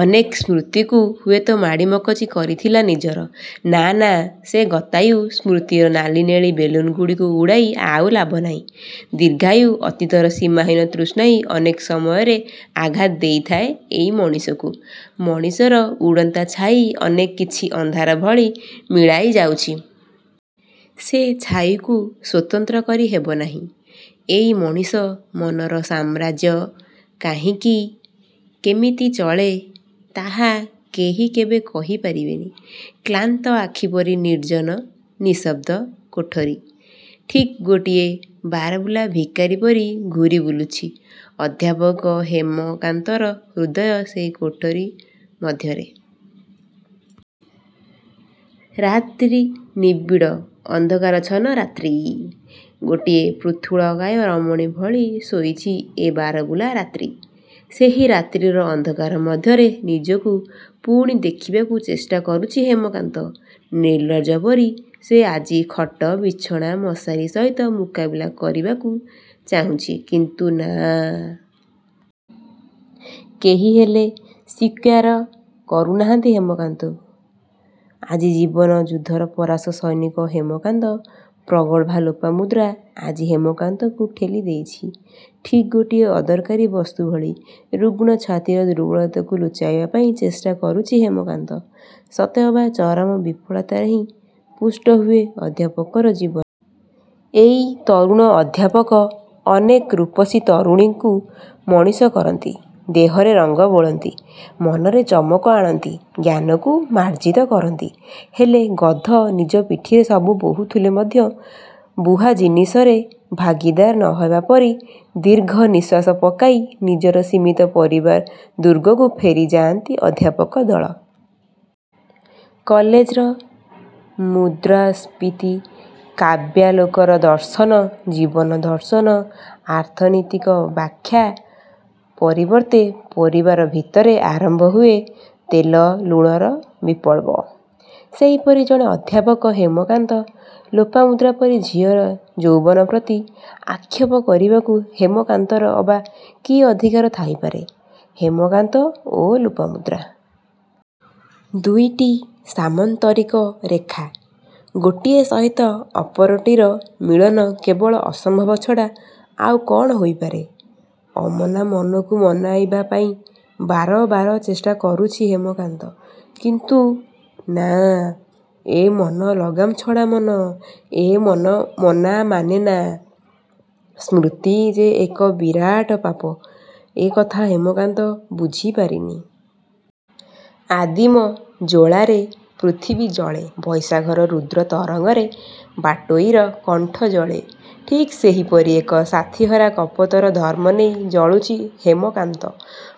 ଅନେକ ସ୍ମୃତିକୁ ହୁଏତ ମାଡ଼ି ମକଚି କରିଥିଲା ନିଜର। ନାଁ ନାଁ ସେ ଗତାୟୁ ସ୍ମୃତିର ନାଲି ନେଳି ବେଲୁନ୍ ଗୁଡ଼ିକୁ ଉଡ଼ାଇ ଆଉ ଲାଭ ନାହିଁ-। ଦୀର୍ଘାୟୁ ଅତୀତର ସୀମାହୀନ ତୃଷ୍ଣା ହିଁ ଅନେକ ସମୟରେ ଆଘାତ ଦେଇଥାଏ ଏଇ ମଣିଷକୁ-। ମଣିଷର ଉଡ଼ନ୍ତା ଛାଇ ଅନେକ କିଛି ଅନ୍ଧାର ଭଳି ମିଳାଇ ଯାଉଛି। ସେ ଛାଇକୁ ସ୍ୱତନ୍ତ୍ର କରି ହେବନାହିଁ। ଏଇ ମଣିଷ ମନର ସାମ୍ରାଜ୍ୟ କାହିଁକି... କେମିତି ଚଳେ—ତାହା କେହି କେବେ କହି ପାରିବେନି। କ୍ଲାନ୍ତ ଆଖିପରି ନିର୍ଜନ, ନିଃଶବ୍ଦ କୋଠରୀ। ଠିକ୍ ଗୋଟିଏ ବାରବୁଲା ଭିକାରୀ ପରି ଘୁରି ବୁଲୁଛି ଅଧ୍ୟାପକ ହେମକାନ୍ତର ହୃଦୟ ସେହି କୋଠରୀ ମଧ୍ୟରେ। ରାତ୍ରି ନିବିଡ଼ ଅନ୍ଧକାରାଚ୍ଛନ୍ନ ରାତ୍ରି... ଗୋଟିଏ ପୃଥୁଳକାୟା ରମଣୀ ଭଳି ଶୋଇଛି ଏ ବାରବୁଲା ରାତ୍ରି। ସେହି ରାତ୍ରିର ଅନ୍ଧକାର ମଧ୍ୟରେ ନିଜକୁ ପୁଣି ଦେଖିବାକୁ ଚେଷ୍ଟା କରୁଛି ହେମକାନ୍ତ। ନିର୍ଲଜ ପରି ସେ ଆଜି ଖଟ, ବିଛଣା, ମଶାରୀ ସହିତ ମୁକାବିଲା କରିବାକୁ ଚାହୁଁଛି, କିନ୍ତୁ ନାଁ... କେହିହେଲେ ସ୍ୱୀକାର କରୁନାହାଁନ୍ତି ହେମକାନ୍ତକୁ। ଆଜି ଜୀବନ ଯୁଦ୍ଧର ପରାସ୍ତ ସୈନିକ ହେମକାନ୍ତ। ପ୍ରଗଳ୍ଭା ଲୋପାମୁଦ୍ରା ଆଜି ହେମକାନ୍ତକୁ ଠେଲି ଦେଇଛି—ଠିକ୍ ଗୋଟିଏ ଅଦରକାରୀ ବସ୍ତୁ ଭଳି। ରୁଗ୍ଣ ଛାତିର ଦୁର୍ବଳତାକୁ ଲୁଚାଇବାପାଇଁ ଚେଷ୍ଟା କରୁଛି ହେମକାନ୍ତ। ସତେ ଅବା ଚରମ ବିଫଳତାରେ ହିଁ ପୁଷ୍ଟ ହୁଏ ଅଧ୍ୟାପକର ଜୀବନ। ଏଇ ତରୁଣ ଅଧ୍ୟାପକ... ଅନେକ ରୂପସୀ ତରୁଣୀଙ୍କୁ ମଣିଷ କରନ୍ତି। ଦେହରେ ରଙ୍ଗ ବୋଳନ୍ତି। ମନରେ ଚମକ ଆଣନ୍ତି। ଜ୍ଞାନକୁ ମାର୍ଜିତ କରନ୍ତି। ହେଲେ ଗଧ ନିଜ ପିଠିରେ ସବୁ ବହୁଥିଲେ ମଧ୍ୟ, ବୁହା ଜିନିଷରେ ଭାଗୀଦାର ନ ହେବା ପରି, ଦୀର୍ଘ ନିଃଶ୍ୱାସ ପକାଇ ନିଜର ସୀମିତ ପରିବାର ଦୁର୍ଗକୁ ଫେରିଯାଆନ୍ତି ଅଧ୍ୟାପକ ଦଳ। କଲେଜର... ମୁଦ୍ରାସ୍ଫୀତି, କାବ୍ୟାଲୋକର ଦର୍ଶନ, ଜୀବନ ଦର୍ଶନ, ଆର୍ଥନୀତିକ ବ୍ୟାଖ୍ୟା ପରିବର୍ତ୍ତେ ପରିବାର ଭିତରେ ଆରମ୍ଭ ହୁଏ ତେଲ ଲୁଣର ବିପ୍ଳବ। ସେହିପରି ଜଣେ ଅଧ୍ୟାପକ ହେମକାନ୍ତ। ଲୋପାମୁଦ୍ରା ପରି ଝିଅର ଯୌବନ ପ୍ରତି ଆକ୍ଷେପ କରିବାକୁ ହେମକାନ୍ତର ଅବା କି ଅଧିକାର ଥାଇପାରେ। ହେମକାନ୍ତ ଓ ଲୋପାମୁଦ୍ରା। ଦୁଇଟି ସାମନ୍ତରିକ ରେଖା। ଗୋଟିଏ ସହିତ ଅପରଟିର ମିଳନ କେବଳ ଅସମ୍ଭବ ଛଡ଼ା ଆଉ କ'ଣ ହୋଇପାରେ? ଅମନା ମନକୁ ମନାଇବା ପାଇଁ ବାରବାର ଚେଷ୍ଟା କରୁଛି ହେମକାନ୍ତ। କିନ୍ତୁ..। ନାଁ... ଏ ମନ ଲଗାମ୍ ଛଡ଼ା ମନ। ଏ ମନ ମନା ମାନେନା। ସ୍ମୃତି ଯେ ଏକ ବିରାଟ ପାପ, ଏ କଥା ହେମକାନ୍ତ ବୁଝି ପାରିନି। ଆଦିମ ଜ୍ୱଳାରେ ପୃଥିବୀ ଜଳେ। ବୈଶାଖର ରୁଦ୍ର ତରଙ୍ଗରେ ବାଟୋଇର କଣ୍ଠ ଜଳେ। ଠିକ୍ ସେହିପରି ଏକ ସାଥୀହରା କପୋତର ଧର୍ମ ନେଇ ଜଳୁଛି ହେମକାନ୍ତ।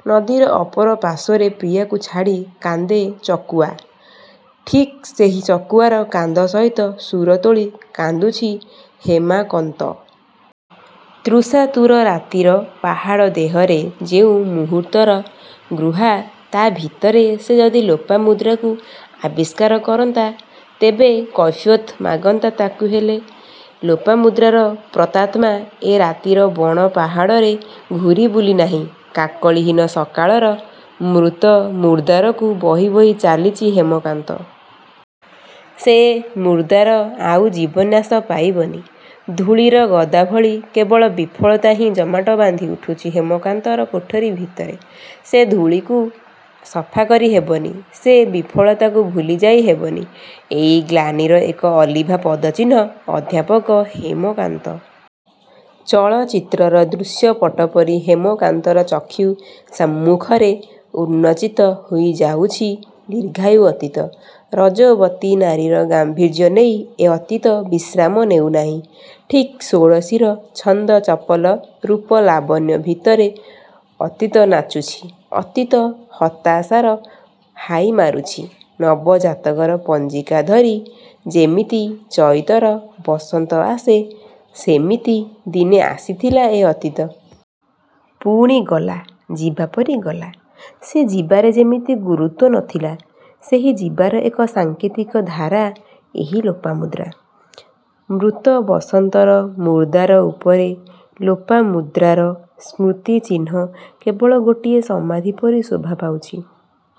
ନଦୀର ଅପର ପାର୍ଶ୍ୱରେ ପ୍ରିୟାକୁ ଛାଡ଼ି କାନ୍ଦେ ଚକୁଆ। ଠିକ୍ ସେହି ଚକୁଆର କାନ୍ଦ ସହିତ ସୁର ତୋଳି କାନ୍ଦୁଛି ହେମାକନ୍ତ। ତୃଷାତୁର ରାତିର ପାହାଡ଼ ଦେହରେ ଯେଉଁ ମୁହୂର୍ତ୍ତର ଗୃହା... ତା ଭିତରେ ସେ ଯଦି ଲୋପାମୁଦ୍ରାକୁ ଆବିଷ୍କାର କରନ୍ତା ତେବେ କୈଫୟତ୍ ମାଗନ୍ତା ତାକୁ-। ହେଲେ... ଲୋପାମୁଦ୍ରାର ପ୍ରତାତ୍ମା। ଏ ରାତିର ବଣ ପାହାଡ଼ରେ ଘୂରି ବୁଲିନାହିଁ। କାକଳୀହୀନ ସକାଳର ମୃତ ମୁର୍ଦ୍ଦାରକୁ ବହି ବହି ଚାଲିଛି ହେମକାନ୍ତ। ସେ ମୂର୍ଦ୍ଦାର ଆଉ ଜୀବନ୍ୟାସ ପାଇବନି-। ଧୂଳିର ଗଦା ଭଳି କେବଳ ବିଫଳତା ହିଁ ଜମାଟ ବାନ୍ଧି ଉଠୁଛି ହେମକାନ୍ତର କୋଠରୀ ଭିତରେ-। ସେ ଧୂଳିକୁ ସଫାକରି ହେବନି। ସେ ବିଫଳତାକୁ ଭୁଲି ଯାଇ ହେବନି। ଏଇ ଗ୍ଲାନିର ଏକ ଅଲିଭା ପଦଚିହ୍ନ ଅଧ୍ୟାପକ ହେମକାନ୍ତ। ଚଳଚିତ୍ରର ଦୃଶ୍ୟପଟ ପରି ହେମକାନ୍ତର ଚକ୍ଷୁ ସମ୍ମୁଖରେ ଉନ୍ନୋଚିତ ହୋଇଯାଉଛି ଦୀର୍ଘାୟୁ ଅତୀତ। ରଜୋବତୀ ନାରୀର ଗାମ୍ଭୀର୍ଯ୍ୟ ନେଇ ଏ ଅତୀତ ବିଶ୍ରାମ ନେଉନାହିଁ। ଠିକ୍ ଷୋଡ଼ଶୀର ଛନ୍ଦଚପଳ ରୂପଲାବଣ୍ୟ ଭିତରେ ଅତୀତ ନାଚୁଛି.. ଅତୀତ ହତାଶାର ହାଇ ମାରୁଛି। ନବ ଜାତକର ପଞ୍ଜିକା ଧରି ଯେମିତି ଚଇତର ବସନ୍ତ ଆସେ, ସେମିତି ଦିନେ ଆସିଥିଲା ଏ ଅତୀତ। ପୁଣି ଗଲା.. ଯିବାପରି ଗଲା। ସେ ଯିବାରେ ଯେମିତି ଗୁରୁତ୍ୱ ନ ଥିଲା। ସେହି ଯିବାର ଏକ ସାଙ୍କେତିକ ଧାରା ଏହି ଲୋପାମୁଦ୍ରା। ମୃତ ବସନ୍ତର ମୁର୍ଦ୍ଦାର ଉପରେ ଲୋପାମୁଦ୍ରାର ସ୍ମୃତି ଚିହ୍ନ କେବଳ ଗୋଟିଏ ସମାଧି ପରି ଶୋଭା ପାଉଛି।